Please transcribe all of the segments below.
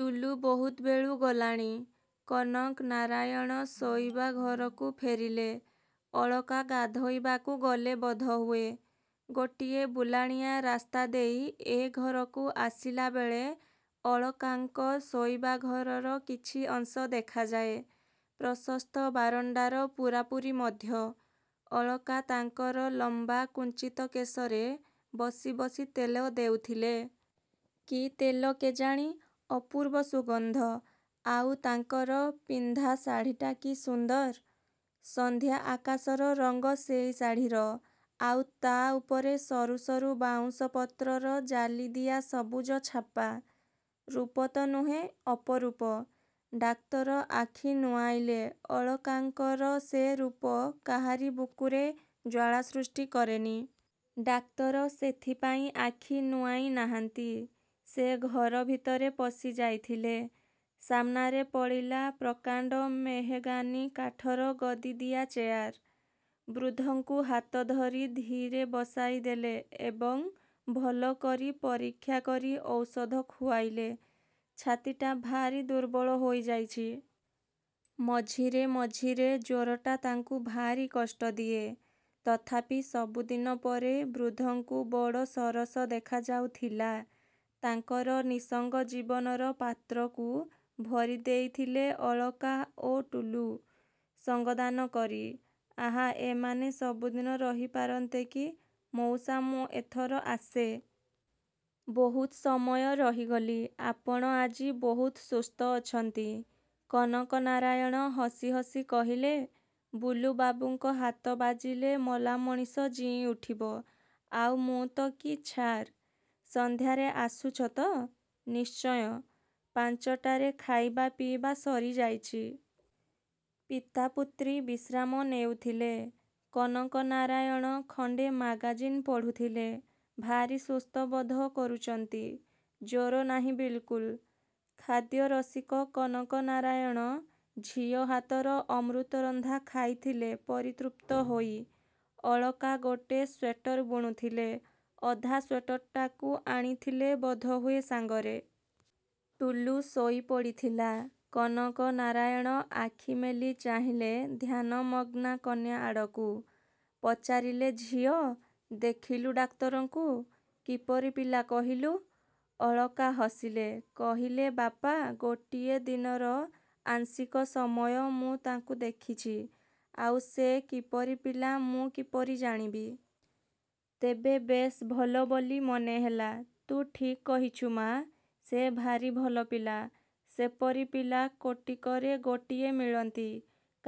ଟୁଲୁ ବହୁତ ବେଳୁ ଗଲାଣି। କନକ ନାରାୟଣ ଶୋଇବା ଘରକୁ ଫେରିଲେ। ଅଳକା ଗାଧୋଇବାକୁ ଗଲେ ବୋଧହୁଏ। ଗୋଟିଏ ବୁଲାଣିଆ ରାସ୍ତାଦେଇ ଏ ଘରକୁ ଆସିଲାବେଳେ ଅଳକାଙ୍କ ଶୋଇବା ଘରର କିଛି ଅଂଶ ଦେଖାଯାଏ। ପ୍ରଶସ୍ତ ବାରଣ୍ଡାର ପୂରାପୂରି ମଧ୍ୟ। ଅଳକା ତାଙ୍କର ଲମ୍ବା କୁଞ୍ଚିତ କେଶରେ ବସି ବସି ତେଲ ଦେଉଥିଲେ। କି ତେଲ କେଜାଣି, ଅପୂର୍ବ ସୁଗନ୍ଧ। ଆଉ ତାଙ୍କର ପିନ୍ଧା ଶାଢ଼ିଟା କି ସୁନ୍ଦର! ସନ୍ଧ୍ୟା ଆକାଶର ରଙ୍ଗ ସେଇ ଶାଢ଼ିର। ଆଉ ତା' ଉପରେ ସରୁସରୁ ବାଉଁଶ ପତ୍ରର ଜାଲିଦିଆ ସବୁଜ ଛାପା। ରୂପ ତ ନୁହେଁ ଅପରୂପ। ଡାକ୍ତର ଆଖି ନୁଆଁଇଲେ। ଅଳକାଙ୍କର ସେ ରୂପ କାହାରି ବୁକୁରେ ଜ୍ୱାଳା ସୃଷ୍ଟି କରେନି। ଡାକ୍ତର ସେଥିପାଇଁ ଆଖି ନୁଆଁଇ ନାହାନ୍ତି। ସେ ଘର ଭିତରେ ପଶି ଯାଇଥିଲେ। ସାମ୍ନାରେ ପଡ଼ିଲା ପ୍ରକାଣ୍ଡ ମେହେଗାନି କାଠର ଗଦିଦିଆ ଚେୟାର। ବୃଦ୍ଧଙ୍କୁ ହାତ ଧରି ଧୀରେ ବସାଇଦେଲେ ଏବଂ ଭଲ କରି ପରୀକ୍ଷା କରି ଔଷଧ ଖୁଆଇଲେ। ଛାତିଟା ଭାରି ଦୁର୍ବଳ ହୋଇଯାଇଛି। ମଝିରେ ମଝିରେ ଜ୍ୱରଟା ତାଙ୍କୁ ଭାରି କଷ୍ଟ ଦିଏ। ତଥାପି ବହୁଦିନ ପରେ ବୃଦ୍ଧଙ୍କୁ ବଡ଼ ସରସ ଦେଖାଯାଉଥିଲା। ତାଙ୍କର ନିଃସଙ୍ଗ ଜୀବନର ପାତ୍ରକୁ ଭରି ଦେଇଥିଲେ ଅଳକା ଓ ଟୁଲୁ ସଙ୍ଗ ଦାନ କରି। ଆହା ଏମାନେ ସବୁଦିନ ରହିପାରନ୍ତେକି! ମଉସା ମୁଁ ଏଥର ଆସେ। ବହୁତ ସମୟ ରହିଗଲି। ଆପଣ ଆଜି ବହୁତ ସୁସ୍ଥ ଅଛନ୍ତି। କନକ ନାରାୟଣ ହସି ହସି କହିଲେ, ବୁଲୁ ବାବୁଙ୍କ ହାତ ବାଜିଲେ ମଲା ମଣିଷ ଜିଇଁଉଠିବ। ଆଉ ମୁଁ ତ କି ଛାର୍। ସଂଧ୍ୟାରେ ଆସୁଛ ତ? ନିଶ୍ଚୟ। ପାଞ୍ଚ ଟାରେ ଖାଇବା ପିଇବା ସରିଯାଇଛି। ପିତା ପୁତ୍ରୀ ବିଶ୍ରାମ ନେଉଥିଲେ। କନକ ନାରାୟଣ ଖଣ୍ଡେ ମାଗାଜିନ୍ ପଢ଼ୁଥିଲେ। ଭାରି ସୁସ୍ଥ ବୋଧ କରୁଚନ୍ତି। ଜ୍ୱର ନାହିଁ ବିଲକୁଲ୍। ଖାଦ୍ୟରସିକ କନକ ନାରାୟଣ ଝିଅ ହାତର ଅମୃତରନ୍ଧା ଖାଇଥିଲେ ପରିତୃପ୍ତ ହୋଇ। ଅଳକା ଗୋଟେ ସ୍ୱେଟର ବୁଣୁଥିଲେ। ଅଧା ସ୍ୱେଟରଟାକୁ ଆଣିଥିଲେ ବୋଧହୁଏ ସାଙ୍ଗରେ। ଟୁଲୁ ଶୋଇପଡ଼ିଥିଲା। କନକ ନାରାୟଣ ଆଖିମେଲି ଚାହିଁଲେ ଧ୍ୟାନମଗ୍ନା କନ୍ୟା ଆଡ଼କୁ। ପଚାରିଲେ ଝିଅ, ଦେଖିଲୁ ଡାକ୍ତରଙ୍କୁ। କିପରି ପିଲା କହିଲୁ? ଅଳକା ହସିଲେ। କହିଲେ ବାପା ଗୋଟିଏ ଦିନର ଆଂଶିକ ସମୟ ମୁଁ ତାଙ୍କୁ ଦେଖିଛି। ଆଉ ସେ କିପରି ପିଲା ମୁଁ କିପରି ଜାଣିବି? ତେବେ ବେଶ୍ ଭଲ ବୋଲି ମନେହେଲା। ତୁ ଠିକ୍ କହିଛୁ ମା'। ସେ ଭାରି ଭଲ ପିଲା। ସେପରି ପିଲା କୋଟିକରେ ଗୋଟିଏ ମିଳନ୍ତି।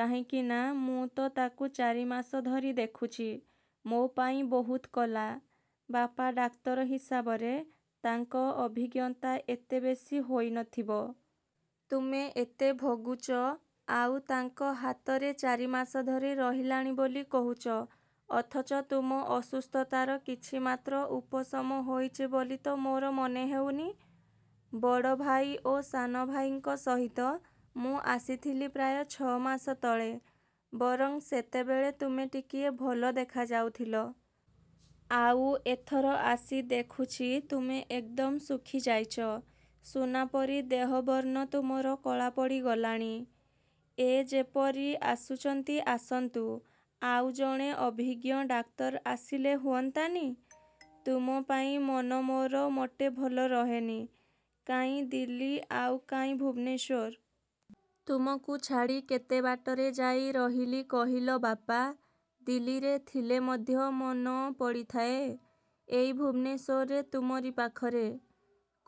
କାହିଁକି ନା, ମୁଁ ତ ତାକୁ ଚାରିମାସ ଧରି ଦେଖୁଚି। ମୋ ପାଇଁ ବହୁତ କଲା। ବାପା ଡାକ୍ତର ହିସାବରେ ତାଙ୍କ ଅଭିଜ୍ଞତା ଏତେ ବେଶି ହୋଇନଥିବ। ତୁମେ ଏତେ ଭୋଗୁଚ, ଆଉ ତାଙ୍କ ହାତରେ ଚାରିମାସ ଧରି ରହିଲାଣି ବୋଲି କହୁଚ, ଅଥଚ ତୁମ ଅସୁସ୍ଥତାର କିଛି ମାତ୍ର ଉପଶମ ହୋଇଚି ବୋଲି ତ ମୋର ମନେହେଉନି। ବଡ଼ଭାଇ ଓ ସାନଭାଇଙ୍କ ସହିତ ମୁଁ ଆସିଥିଲି ପ୍ରାୟ ଛଅମାସ ତଳେ। ବରଂ ସେତେବେଳେ ତୁମେ ଟିକିଏ ଭଲ ଦେଖାଯାଉଥିଲ। ଆଉ ଏଥର ଆସି ଦେଖୁଛି ତୁମେ ଏକଦମ ଶୁଖିଯାଇଛ। ସୁନାପରି ଦେହବର୍ଣ୍ଣ ତୁମର କଳାପଡ଼ି ଗଲାଣି। ଏ ଯେ ପରି ଆସୁଛନ୍ତି ଆସନ୍ତୁ। ଆଉ ଜଣେ ଅଭିଜ୍ଞ ଡାକ୍ତର ଆସିଲେ ହୁଅନ୍ତାନି? ତୁମ ପାଇଁ ମନ ମୋର ମୋଟେ ଭଲ ରହେନି। କାହିଁ ଦିଲ୍ଲୀ, ଆଉ କାହିଁ ଭୁବନେଶ୍ୱର। ତୁମକୁ ଛାଡ଼ି କେତେ ବାଟରେ ଯାଇ ରହିଲି କହିଲ ବାପା। ଦିଲ୍ଲୀରେ ଥିଲେ ମଧ୍ୟ ମନ ପଡ଼ିଥାଏ ଏଇ ଭୁବନେଶ୍ୱରରେ, ତୁମରି ପାଖରେ।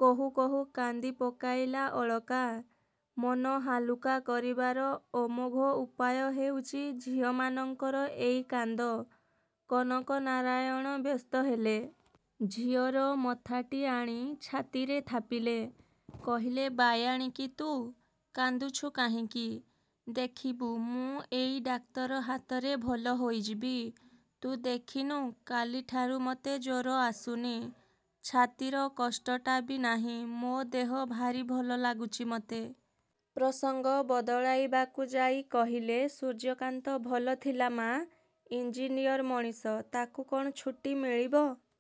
କହୁ କହୁ କାନ୍ଦି ପକାଇଲା ଅଳକା। ମନ ହାଲୁକା କରିବାର ଅମୋଘ ଉପାୟ ହେଉଛି ଝିଅମାନଙ୍କର ଏଇ କାନ୍ଦ। କନକ ନାରାୟଣ ବ୍ୟସ୍ତ ହେଲେ। ଝିଅର ମଥାଟି ଆଣି ଛାତିରେ ଥାପିଲେ। କହିଲେ ବାୟାଣୀ କି ତୁ। କାନ୍ଦୁଛୁ କାହିଁକି? ଦେଖିବୁ ମୁଁ ଏଇ ଡାକ୍ତର ହାତରେ ଭଲ ହୋଇଯିବି। ତୁ ଦେଖିନୁ କାଲିଠାରୁ ମୋତେ ଜ୍ୱର ଆସୁନି, ଛାତିର କଷ୍ଟଟା ବି ନାହିଁ, ମୋ ଦେହ ଭାରି ଭଲ ଲାଗୁଛି ମୋତେ। ପ୍ରସଙ୍ଗ ବଦଳାଇବାକୁ ଯାଇ କହିଲେ ସୂର୍ଯ୍ୟକାନ୍ତ ଭଲ ଥିଲା ମା? ଇଞ୍ଜିନିୟର ମଣିଷ, ତାକୁ କ'ଣ ଛୁଟି ମିଳିବ।